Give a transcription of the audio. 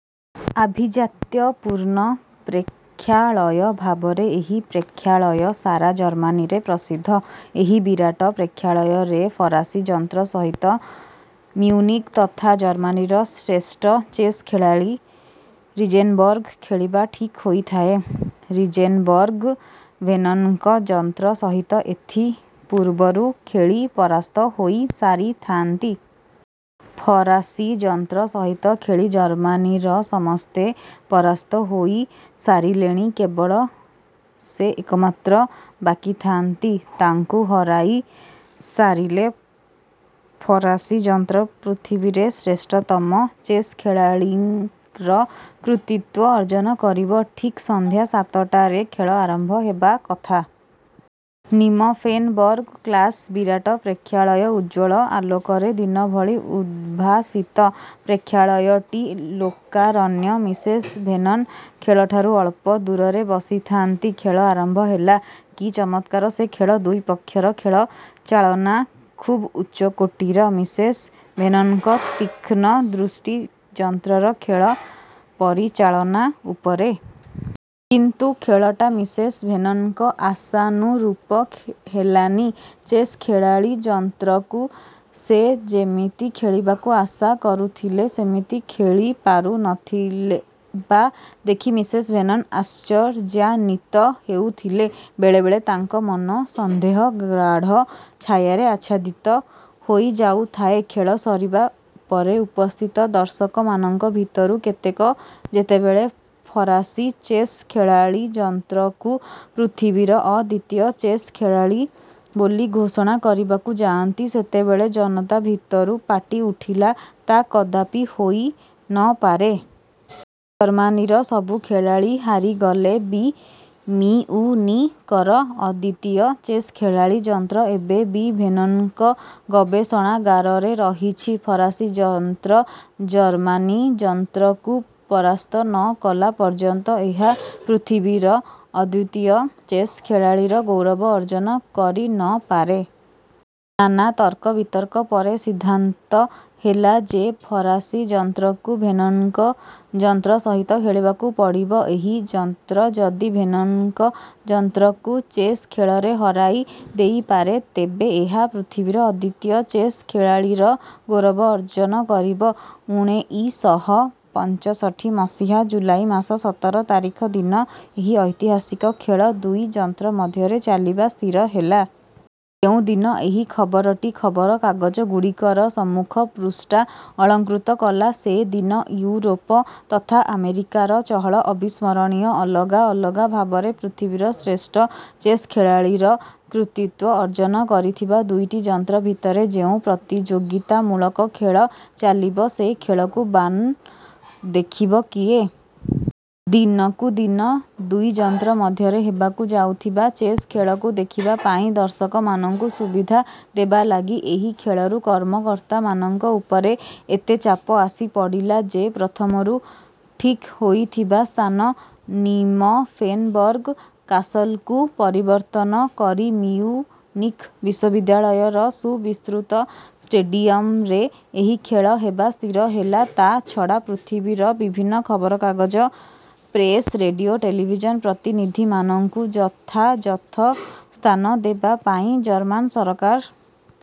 ଆଭିଜାତ୍ୟପୂର୍ଣ୍ଣ ପ୍ରେକ୍ଷାଳୟ ଭାବରେ ଏହି ପ୍ରେକ୍ଷାଳୟ ସାରା ଜର୍ମାନୀରେ ପ୍ରସିଦ୍ଧ। ଏହି ବିରାଟ ପ୍ରେକ୍ଷାଳୟରେ ଫରାସୀ ଯନ୍ତ୍ର ସହିତ ମିଉନିକ୍ ତଥା ଜର୍ମାନୀର ଶ୍ରେଷ୍ଠ ଚେସ୍ ଖେଳାଳୀ ରିଜେନବର୍ଗ ଖେଳିବା ଠିକ୍ ହୋଇଥାଏ। ରିଜେନ୍ବର୍ଗ ଭେର୍ନନ୍ଙ୍କ ଯନ୍ତ୍ର ସହିତ ଏଥି ପୂର୍ବରୁ ଖେଳି ପରାସ୍ତ ହୋଇ ସାରିଥାନ୍ତି। ଫରାସୀ ଯନ୍ତ୍ର ସହିତ ଖେଳି ଜର୍ମାନୀର ସମସ୍ତେ ପରାସ୍ତ ହୋଇ ସାରିଲେଣି କେବଳ ସେ ଏକମାତ୍ର ବାକି ଥାନ୍ତି। ତାଙ୍କୁ ହରାଇ ସାରିଲେ ଫରାସୀ ଯନ୍ତ୍ର ପୃଥିବୀରେ ଶ୍ରେଷ୍ଠତମ ଚେସ୍ ଖେଳାଳୀର କୃତିତ୍ୱ ଅର୍ଜନ କରିବ। ଠିକ୍ ସନ୍ଧ୍ୟା ସାତଟାରେ ଖେଳ ଆରମ୍ଭ ହେବା କଥା। ନିମଫେନବର୍ଗ କାସ୍ଲ୍ର ବିରାଟ ପ୍ରେକ୍ଷାଳୟ ଉଜ୍ଜ୍ୱଳ ଆଲୋକରେ ଦିନଭଳି ଉଦ୍ଭାସିତ। ପ୍ରେକ୍ଷାଳୟଟି ଲୋକାରଣ୍ୟ। ମିସେସ୍ ଭେର୍ନନ୍ ଖେଳଠାରୁ ଅଳ୍ପ ଦୂରରେ ବସିଥାନ୍ତି। ଖେଳ ଆରମ୍ଭ ହେଲା। କି ଚମତ୍କାର ସେ ଖେଳ! ଦୁଇ ପକ୍ଷର ଖେଳ ଚାଳନା ଖୁବ୍ ଉଚ୍ଚକୋଟୀର। ମିସେସ ଭେର୍ନନ୍ଙ୍କ ତୀକ୍ଷଣ ଦୃଷ୍ଟି ଯନ୍ତ୍ରର ଖେଳ ପରିଚାଳନା ଉପରେ। କିନ୍ତୁ ଖେଳଟା ମିସେସ ଭେର୍ନନ୍ଙ୍କ ଆଶାନୁରୂପ ହେଲାନି। ଚେସ୍ ଖେଳାଳୀ ଯନ୍ତ୍ରକୁ ସେ ଯେମିତି ଖେଳିବାକୁ ଆଶା କରୁଥିଲେ ସେମିତି ଖେଳିପାରୁ ନ ଥିବା ଦେଖି ମିସେସ ଭେର୍ନନ୍ ଆଶ୍ଚର୍ଯ୍ୟାନିତ ହେଉଥିଲେ। ବେଳେବେଳେ ତାଙ୍କ ମନ ସନ୍ଦେହ ଗାଢ଼ ଛାୟାରେ ଆଚ୍ଛାଦିତ ହୋଇଯାଉଥାଏ। ଖେଳ ସରିବା ପରେ ଉପସ୍ଥିତ ଦର୍ଶକମାନଙ୍କ ଭିତରୁ କେତେକ ଯେତେବେଳେ ଫରାସୀ ଚେସ୍ ଖେଳାଳୀ ଯନ୍ତ୍ରକୁ ପୃଥିବୀର ଅଦ୍ୱିତୀୟ ଚେସ୍ ଖେଳାଳୀ ବୋଲି ଘୋଷଣା କରିବାକୁ ଯାଆନ୍ତି ସେତେବେଳେ ଜନତା ଭିତରୁ ପାଟି ଉଠିଲା ତା କଦାପି ହୋଇ ନ ପାରେ। ଜର୍ମାନୀର ସବୁ ଖେଳାଳୀ ହାରିଗଲେ ବି ମିଉନିକର ଅଦ୍ୱିତୀୟ ଚେସ୍ ଖେଳାଳୀ ଯନ୍ତ୍ର ଏବେ ବି ଭେର୍ନନ୍ଙ୍କ ଗବେଷଣାଗାରରେ ରହିଛି। ଫରାସୀ ଯନ୍ତ୍ର ଜର୍ମାନୀ ଯନ୍ତ୍ରକୁ ପରାସ୍ତ ନ କଲା ପର୍ଯ୍ୟନ୍ତ ଏହା ପୃଥିବୀର ଅଦ୍ୱିତୀୟ ଚେସ୍ ଖେଳାଳୀର ଗୌରବ ଅର୍ଜନ କରି ନ ପାରେ। ନାନା ତର୍କବିତର୍କ ପରେ ସିଦ୍ଧାନ୍ତ ହେଲା ଯେ ଫରାସୀ ଯନ୍ତ୍ରକୁ ଭେର୍ନନ୍ଙ୍କ ଯନ୍ତ୍ର ସହିତ ଖେଳିବାକୁ ପଡ଼ିବ। ଏହି ଯନ୍ତ୍ର ଯଦି ଭେର୍ନନ୍ଙ୍କ ଯନ୍ତ୍ରକୁ ଚେସ୍ ଖେଳରେ ହରାଇ ଦେଇପାରେ ତେବେ ଏହା ପୃଥିବୀର ଅଦ୍ୱିତୀୟ ଚେସ୍ ଖେଳାଳୀର ଗୌରବ ଅର୍ଜନ କରିବ। ଉଣେଇଶହ ପଞ୍ଚଷଠି ମସିହା ଜୁଲାଇ ମାସ ସତର ତାରିଖ ଦିନ ଏହି ଐତିହାସିକ ଖେଳ ଦୁଇ ଯନ୍ତ୍ର ମଧ୍ୟରେ ଚାଲିବା ସ୍ଥିର ହେଲା। ଯେଉଁ ଦିନ ଏହି ଖବରଟି ଖବରକାଗଜଗୁଡ଼ିକର ସମ୍ମୁଖ ପୃଷ୍ଠା ଅଳଙ୍କୃତ କଲା ସେଦିନ ଇଉରୋପ ତଥା ଆମେରିକାର ଚହଳ ଅବିସ୍ମରଣୀୟ। ଅଲଗା ଅଲଗା ଭାବରେ ପୃଥିବୀର ଶ୍ରେଷ୍ଠ ଚେସ୍ ଖେଳାଳୀର କୃତିତ୍ୱ ଅର୍ଜନ କରିଥିବା ଦୁଇଟି ଯନ୍ତ୍ର ଭିତରେ ଯେଉଁ ପ୍ରତିଯୋଗୀତାମୂଳକ ଖେଳ ଚାଲିବ ସେ ଖେଳକୁ ବାନ ଦେଖିବ କିଏ? ଦିନକୁ ଦିନ ଦୁଇ ଯନ୍ତ୍ର ମଧ୍ୟରେ ହେବାକୁ ଯାଉଥିବା ଚେସ୍ ଖେଳକୁ ଦେଖିବା ପାଇଁ ଦର୍ଶକମାନଙ୍କୁ ସୁବିଧା ଦେବାଲାଗି ଏହି ଖେଳରୁ କର୍ମକର୍ତ୍ତାମାନଙ୍କ ଉପରେ ଏତେ ଚାପ ଆସି ପଡ଼ିଲା ଯେ ପ୍ରଥମରୁ ଠିକ୍ ହୋଇଥିବା ସ୍ଥାନ ନିମଫେନବର୍ଗ କାସଲକୁ ପରିବର୍ତ୍ତନ କରି ମିଉନିକ୍ ବିଶ୍ୱବିଦ୍ୟାଳୟର ସୁବିସ୍ତୃତ ଷ୍ଟେଡିୟମରେ ଏହି ଖେଳ ହେବା ସ୍ଥିର ହେଲା ତା ଛଡ଼ା ପୃଥିବୀର ବିଭିନ୍ନ ଖବରକାଗଜ ପ୍ରେସ ରେଡିଓ ଟେଲଭିଜନ ପ୍ରତିନିଧିମାନଙ୍କୁ ଯଥାଯଥ ସ୍ଥାନ ଦେବା ପାଇଁ ଜର୍ମାନ ସରକାର।